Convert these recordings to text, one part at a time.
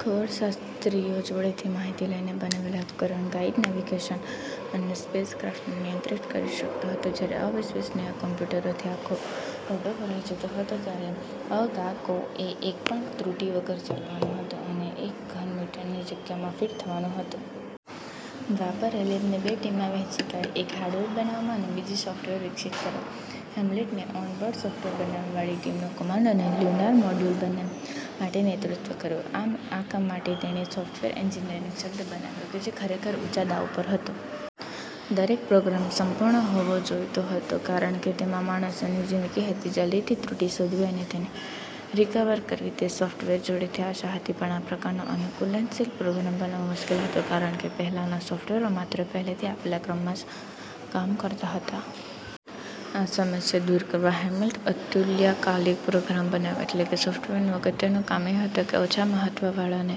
ખગોળશાસ્ત્રીઓ જોડેથી માહિતી લઈને બનવાયેલું આ ઉપકરણ ગાઈડ, નેવિગેશન અને સ્પેસક્રાફ્ટને નિયંત્રિત કરી શકતું હતું. જયારે અવિશ્વસનીય કોમ્યુટરોથી આખો ઓરડો ભરાઈ જતો હતો, ત્યારે અ. ગા. કો. એ એક પણ ત્રુટિ વગર ચાલવાનું હતું અને એક ઘન મીટરની જગ્યામાં ફીટ થવાનું હતું. દ્રાપર એ લેબને બે ટીમમાં વહેંચી કાઢી, એક હાર્ડવેર બનાવવા અને બીજી સોફ્ટવેર વિકસિત કરવા. હેમિલ્ટને ઓન-બોર્ડ સોફ્ટવેર બનાવવાવાળી ટીમનું કમાન્ડ અને લ્યુનાર મોડ્યુલ બંને માટે નેતૃત્વ કર્યું. આઆ કામ માટે, તેણીએ "સોફ્ટવેર એન્જીનીયરીંગ" શબ્દ બનાવ્યો કે જે ખરેખર ઊંચા દાવ પર હતો. દરેક પ્રોગ્રામ સંપૂર્ણ હોવો જોઈતો હતો કારણ કે તેમાં માણસોની જીંદગી હતી. જલ્દીથી ત્રુટિ શોધવી અને તેને રિકવર કરવી તે સોફ્ટવેર જોડેથી આશા હતી. પણ આ પ્રકારનો અનુકૂલનશીલ પ્રોગ્રામ બનાવવો મુશ્કેલ હતો કારણ કે પહેલાંના સોફ્ટવેરો માત્ર પહેલેથી આપેલા ક્રમમાં જ કામ કરતાં હતાં. આ સમસ્યા દૂર કરવા, હેમિલ્ટને "અતુલ્યકાલિક" પ્રોગ્રામ બનાવ્યો એટલે કે સોફ્ટવેરનું અગત્યનું કામ એ હતું કે ઓછા મહત્વવાળાને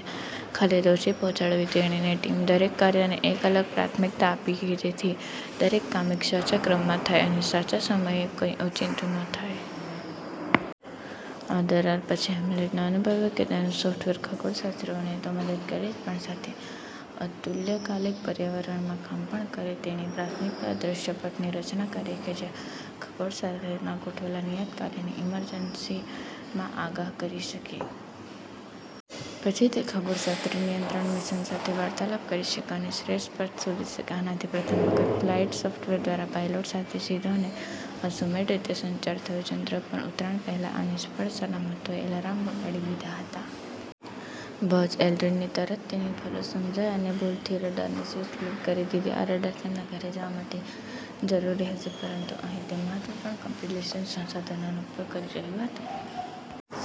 ખલેલ ઓછી પહોંચાડવી. તેણીની ટીમે દરેક કાર્યને એક અલગ જ પ્રાથમિકતા આપી કે જેથી દરેક કામ એક સાચા ક્રમમાં થાય અને સાચા સમયે-કઈ ઓચિંતું ન થાય. આ દરાર પછી, હેમિલ્ટને અનુભવ્યું કે તેનું સોફ્ટવેર ખગોળશાસ્ત્રીઓને તો મદદ કરે જ પણ સાથે જ અતુલ્યકાલિક પર્યાવરણમાં કામ પણ કરે. તેણીએ પ્રાથમિકતા દ્રશ્યપટની રચના કરી, કે જે ખગોળશાસ્ત્રીના ગોઠવેલા નિયત કાર્યને ઇમરજન્સીમાં આગાહ કરી શકે. પછી થી ખગોળશાસ્ત્રી નિયંત્રણ મિશન સાથે વાર્તાલાપ કરી શકે અને શ્રેષ્ઠ પથ શોધી શકે. આનાથી પ્રથમ વખત ફ્લાઇટ સોફ્ટવેર દ્વારા પાયલોટ સાથે સીધો અને અસુમેળ રીતે સંચાર થયો. ચંદ્ર પર ઉતરાણ પહેલા આ નિષ્ફળ-સલામતોએ એલાર્મ વગાડી દીધાં હતાં. બઝ એલ્ડ્રીનને તરત જ તેની ભૂલ સમજાઈ એને ભૂલથી રડારની સ્વિચ ફ્લિપ કરી દીધી હતી. આ રડાર તેમના ઘરે જવા માટે જરૂરી હશે, પરંતુ અહીં તે મહત્વપૂર્ણ કોમ્પ્યુટેશનલ સંસાધનોનો ઉપયોગ કરી રહ્યું હતું.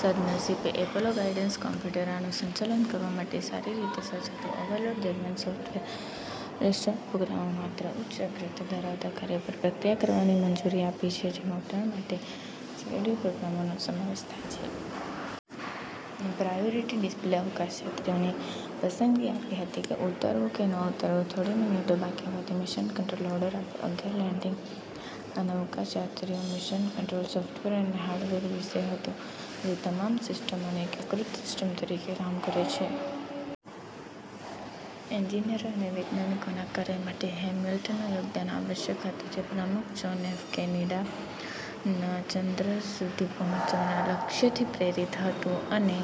સદનસીબે, એપોલો ગાઇડન્સ કોમ્પ્યુટર આનું સંચાલન કરવા માટે સારી રીતે સજ્જ હતું. ઓવરલોડ દરમિયાન, સૉફ્ટવેર રિસ્ટાર્ટ પ્રોગ્રામો માત્ર ઉચ્ચ અગ્રતા ધરાવતા કાર્યો પર પ્રક્રિયા કરવાની મંજૂરી આપે છે જેમાં ઉતરાણ માટે જરૂરી પ્રોગ્રામોનો સમાવેશ થાય છે. પ્રાયોરિટી ડિસ્પ્લેએ અવકાશયાત્રીઓને પસંદગી આપી હતી ઉતરવું કે ન ઉતરવું. થોડી મિનિટો બાકી હોવાથી, મિશન કંટ્રોલે ઓર્ડર આપ્યો. અગિયાર. લેન્ડિંગ એ અવકાશયાત્રીઓ, મિશન કંટ્રોલ, સૉફ્ટવેર અને હાર્ડવેર વિશે હતું જે તમામ સિસ્ટમોની એકીકૃત સિસ્ટમ તરીકે કામ કરે છે. એન્જિનિયરો અને વૈજ્ઞાનિકોના કાર્ય માટે હેમિલ્ટનનું યોગદાન આવશ્યક હતું. જે પ્રમુખ જ્હોન એફ. કેનેડીના ચંદ્ર સુધી પહોંચવાના લક્ષ્યથી પ્રેરિત હતું. અને